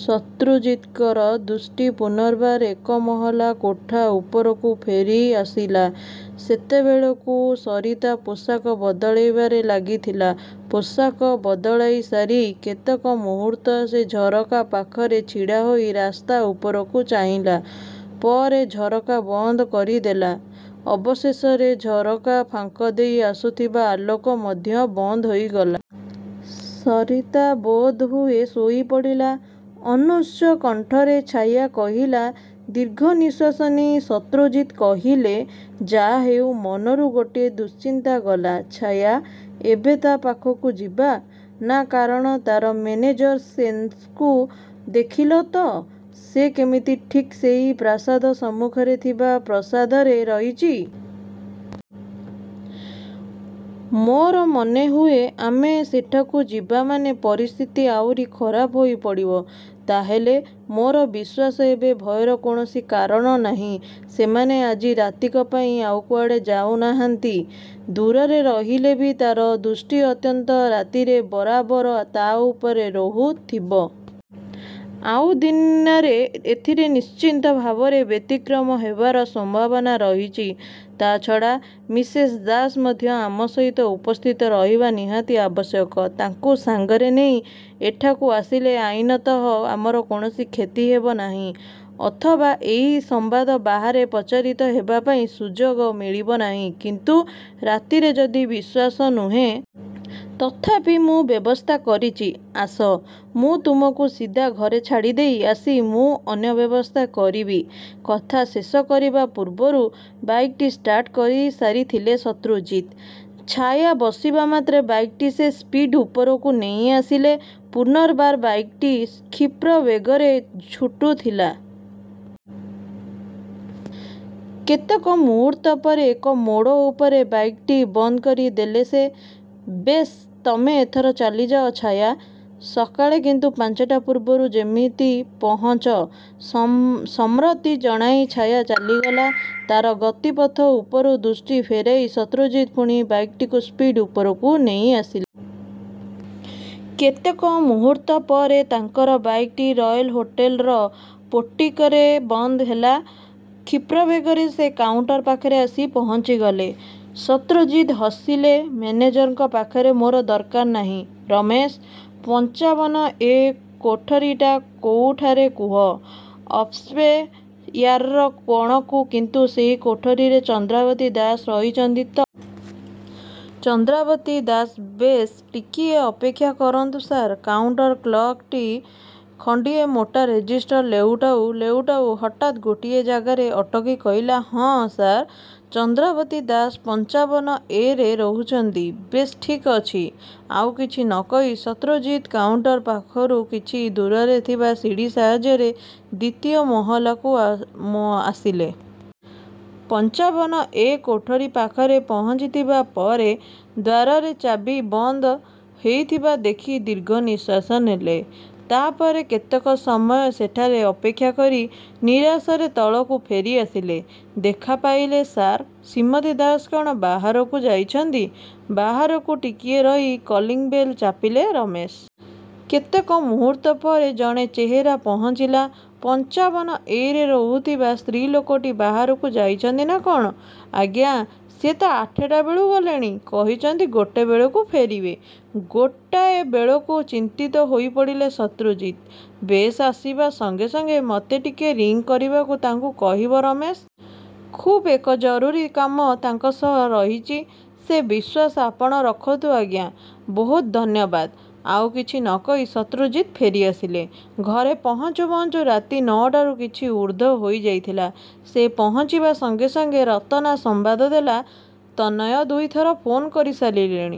ଶତ୍ରୁଜିତଙ୍କର ଦୃଷ୍ଟି ପୁନର୍ବାର ଏକମହଲା କୋଠା ଉପରକୁ ଫେରିଆସିଲା। ସେତେବେଳେକୁ ସରିତା ପୋଷାକ ବଦଳାଇବାରେ ଲାଗିଥିଲା। ପୋଷାକ ବଦଳାଇ ସାରି କେତେକ ମୁହୂର୍ତ୍ତ ସେ ଝରକା ପାଖରେ ଛିଡ଼ା ହୋଇ ରାସ୍ତା ଉପରକୁ ଚାହିଁଲା। ପରେ ଝରକା ବନ୍ଦ କରିଦେଲା। ଅବଶେଷରେ ଝରକାର ଫାଙ୍କ ଦେଇ ଆସୁଥିବା ଆଲୋକ ମଧ୍ୟ ବନ୍ଦ ହୋଇଗଲା। ସରିତା ବୋଧହୁଏ ଶୋଇପଡ଼ିଲା। ଅନୁଚ୍ଚ କଣ୍ଠରେ ଛାୟା କହିଲା। ଦୀର୍ଘନିଶ୍ୱାସ ନେଇ ଶତ୍ରୁଜିତ୍ କହିଲେ,"ଯାହାହେଉ ମନରୁ ଗୋଟିଏ ଦୁଶ୍ଚିନ୍ତା ଗଲା, ଛାୟା! ଏବେ ତା' ପାଖକୁ ଯିବା? ନା କାରଣ ତା'ର ମେନେଜର ସେନ୍କୁ ଦେଖିଲ ତ! ସେ କେମିତି ଠିକ୍ ସେଇ ପ୍ରାସାଦ ସମ୍ମୁଖରେ ଥିବା ପ୍ରାସାଦରେ ରହିଛି। ମୋର ମନେହୁଏ ଆମେ ସେଠାକୁ ଯିବା ମାନେ ପରିସ୍ଥିତି ଆହୁରି ଖରାପ ହୋଇପଡ଼ିବ। ତା'ହେଲେ ମୋର ବିଶ୍ୱାସ, ଏବେ ଭୟର କୌଣସି କାରଣ ନାହିଁ। ସେମାନେ ଆଜି ରାତିକ ପାଇଁ ଆଉ କୁଆଡ଼େ ଯାଉନାହାନ୍ତି। ଦୂରରେ ରହିଲେ ବି ତା'ର ଦୃଷ୍ଟି ଅନ୍ତତଃ ରାତିରେ ବରାବର ତା' ଉପରେ ରହୁଥିବ। ଆଉ ଦିନରେ ଏଥିରେ ନିଶ୍ଚିତ ଭାବରେ ବ୍ୟତିକ୍ରମ ହେବାର ସମ୍ଭାବନା ରହିଛି, ତା' ଛଡ଼ା ମିସେସ୍ ଦାସ ମଧ୍ୟ ଆମ ସହିତ ଉପସ୍ଥିତ ରହିବା ନିହାତି ଆବଶ୍ୟକ। ତାଙ୍କୁ ସାଙ୍ଗରେ ନେଇ ଏଠାକୁ ଆସିଲେ ଆଇନତଃ ଆମର କୌଣସି କ୍ଷତି ହେବ ନାହିଁ। ଅଥବା ଏଇ ସମ୍ୱାଦ ବାହାରେ ପ୍ରଚାରିତ ହେବା ପାଇଁ ସୁଯୋଗ ମିଳିବ ନାହିଁ କିନ୍ତୁ ରାତିରେ ଯଦି ବିଶ୍ୱାସ ନୁହେଁ। ତଥାପି ମୁଁ ବ୍ୟବସ୍ଥା କରିଚି। ଆସ, ତୁମକୁ ସିଧା ଘରେ ଛାଡ଼ିଦେଇ ଆସି ମୁଁ ଅନ୍ୟ ବ୍ୟବସ୍ଥା କରିବି। କଥା ଶେଷ କରିବା ପୂର୍ବରୁ ବାଇକ୍ଟି ଷ୍ଟାର୍ଟ କରିସାରିଥିଲେ ଶତ୍ରୁଜିତ୍। ଛାୟା ବସିବା ମାତ୍ରେ ବାଇକ୍ଟି ସେ ସ୍ପିଡ୍ ଉପରକୁ ନେଇଆସିଲେ। ପୂନର୍ବାର ବାଇକ୍ଟି କ୍ଷିପ୍ରବେଗରେ ଛୁଟୁଥିଲା। କେତେକ ମୁହୂର୍ତ୍ତପରେ ଏକ ମୋଡ଼ ଉପରେ ବାଇକ୍ଟି ବନ୍ଦ କରି ଦେଲେ ସେ। ବେଶ୍, ତମେ ଏଥର ଚାଲିଯାଅ, ଛାୟା! ସକାଳେ କିନ୍ତୁ ପାଞ୍ଚଟା ପୂର୍ବରୁ ଯେମିତି ପହଞ୍ଚ। ସମ୍ମତି ଜଣାଇ ଛାୟା ଚାଲିଗଲା। ତା'ର ଗତିପଥ ଉପରୁ ଦୃଷ୍ଟି ଫେରାଇ ଶତ୍ରୁଜିତ୍ ପୁଣି ବାଇକ୍ଟିକୁ ସ୍ପିଡ୍ ଉପରକୁ ନେଇଆସିଲେ। କେତେକ ମୁହୂର୍ତ୍ତପରେ ତାଙ୍କର ବାଇକ୍ଟି ରୟେଲ୍ ହୋଟେଲର ପୋର୍ଟିକୋରେ ବନ୍ଦ ହେଲା। କ୍ଷିପ୍ରବେଗରେ ସେ କାଉଣ୍ଟର ପାଖରେ ଆସି ପହଞ୍ଚିଗଲେ। ଶତ୍ରୁଜିତ୍ ହସିଲେ ମେନେଜରଙ୍କ ପାଖରେ ମୋର ଦରକାର ନାହିଁ, ରମେଶ, ପଂଚାବନ'ଏ' କୋଠରିଟା କୋଉଠାରେ କୁହ? ଅପ୍ଷ୍ୟାରର କଣକୁ କିନ୍ତୁ ସେହି କୋଠରିରେ ଚନ୍ଦ୍ରାବତୀ ଦାସ ରହିଛନ୍ତି ତ? ଚନ୍ଦ୍ରାବତୀ ଦାସ ବେଶ୍, ଟିକିଏ ଅପେକ୍ଷା କରନ୍ତୁ ସାର୍! କାଉଣ୍ଟର କ୍ଲର୍କଟି ଖଣ୍ତିଏ ମୋଟା ରେଜିଷ୍ଟର ଲେଉଟାଉ ଲେଉଟାଉ ହଠାତ୍ ଗୋଟିଏ ଜାଗାରେ ଅଟକି କହିଲା ହଁ, ସାର୍, ଚନ୍ଦ୍ରାବତୀ ଦାସ ପଂଚାବନ'ଏ' ରେ ରହୁଚନ୍ତି। ବେଶ୍, ଠିକ୍ଅଛି। ଆଉ କିଛି ନ କହି ଶତ୍ରୁଜିତ୍ କାଉଣ୍ଟର ପାଖରୁ କିଛି ଦୂରରେ ଥିବା ସିଡ଼ି ସାହାର୍ଯ୍ୟରେ ଦ୍ୱିତୀୟ ମହଲାକୁ ଆସିଲେ। ପଂଚାବନ 'ଏ' କୋଠରି ପାଖରେ ପହଞ୍ଚିଥିବା ପରେ, ଦ୍ୱାରରେ ଚାବି ବନ୍ଦ ହେଇଥିବା ଦେଖି ଦୀର୍ଘ ନିଶ୍ୱାସ ନେଲେ। ତା ପରେ କେତେକ ସମୟ ସେଠାରେ ଅପେକ୍ଷା କରି ନିରାଶରେ ତଳକୁ ଫେରିଆସିଲେ। ଦେଖା ପାଇଲେ, ସାର୍? ଶ୍ରୀମତୀ ଦାସ କଣ ବାହାରକୁ ଯାଇଚନ୍ତି? ବାହାରକୁ ଟିକିଏ ରହି, କଲିଂବେଲ୍ ଚାପିଲେ ରମେଶ। କେତେକ ମୁହୂର୍ତ୍ତ ପରେ ଜଣେ ଚେହେରା ପହଞ୍ଚିଲା। ପଂଚାବନ'ଏ' ରେ ରହୁଥିବା ସ୍ତ୍ରୀ ଲୋକଟି ବାହାରକୁ ଯାଇଚନ୍ତି ନା କଣ? ' ଆଜ୍ଞା, ସେ ତ ଆଠଟା ବେଳୁ ଗଲେଣି। କହିଚନ୍ତି ଗୋଟାଏ ବେଳକୁ ଫେରିବେ। ଗୋଟାଏ ବେଳକୁ ଚିନ୍ତିତ ହୋଇପଡ଼ିଲେ ଶତ୍ରୁଜିତ୍। ବେଶ୍, ଆସିବା ସଙ୍ଗେ ସଙ୍ଗେ ମୋତେ ଟିକିଏ ରିଂ କରିବାକୁ ତାଙ୍କୁ କହିବ, ରମେଶ! ଖୁବ୍ ଏକ ଜରୁରୀ କାମ ତାଙ୍କ ସହ ରହିଛି। ସେ ବିଶ୍ୱାସ ଆପଣ ରଖନ୍ତୁ, ଆଜ୍ଞା! ବୋହୁତ ଧନ୍ୟବାଦ। ଆଉ କିଛି ନ କହି ଶତ୍ରୁଜିତ୍ ଫେରିଆସିଲେ। ଘରେ ପହଞ୍ଚୁ ପହଞ୍ଚୁ ରାତି ନଅଟାରୁ କିଛି ଊର୍ଦ୍ଧ୍ୱ ହୋଇଯାଇଥିଲା। ସେ ପହଞ୍ଚିବା ସଙ୍ଗେ ସଙ୍ଗେ ରତନା ସମ୍ବାଦ ଦେଲା, ତନ୍ମୟ ଦୁଇଥର ଫୋନ୍ କରିସାରିଲେଣି।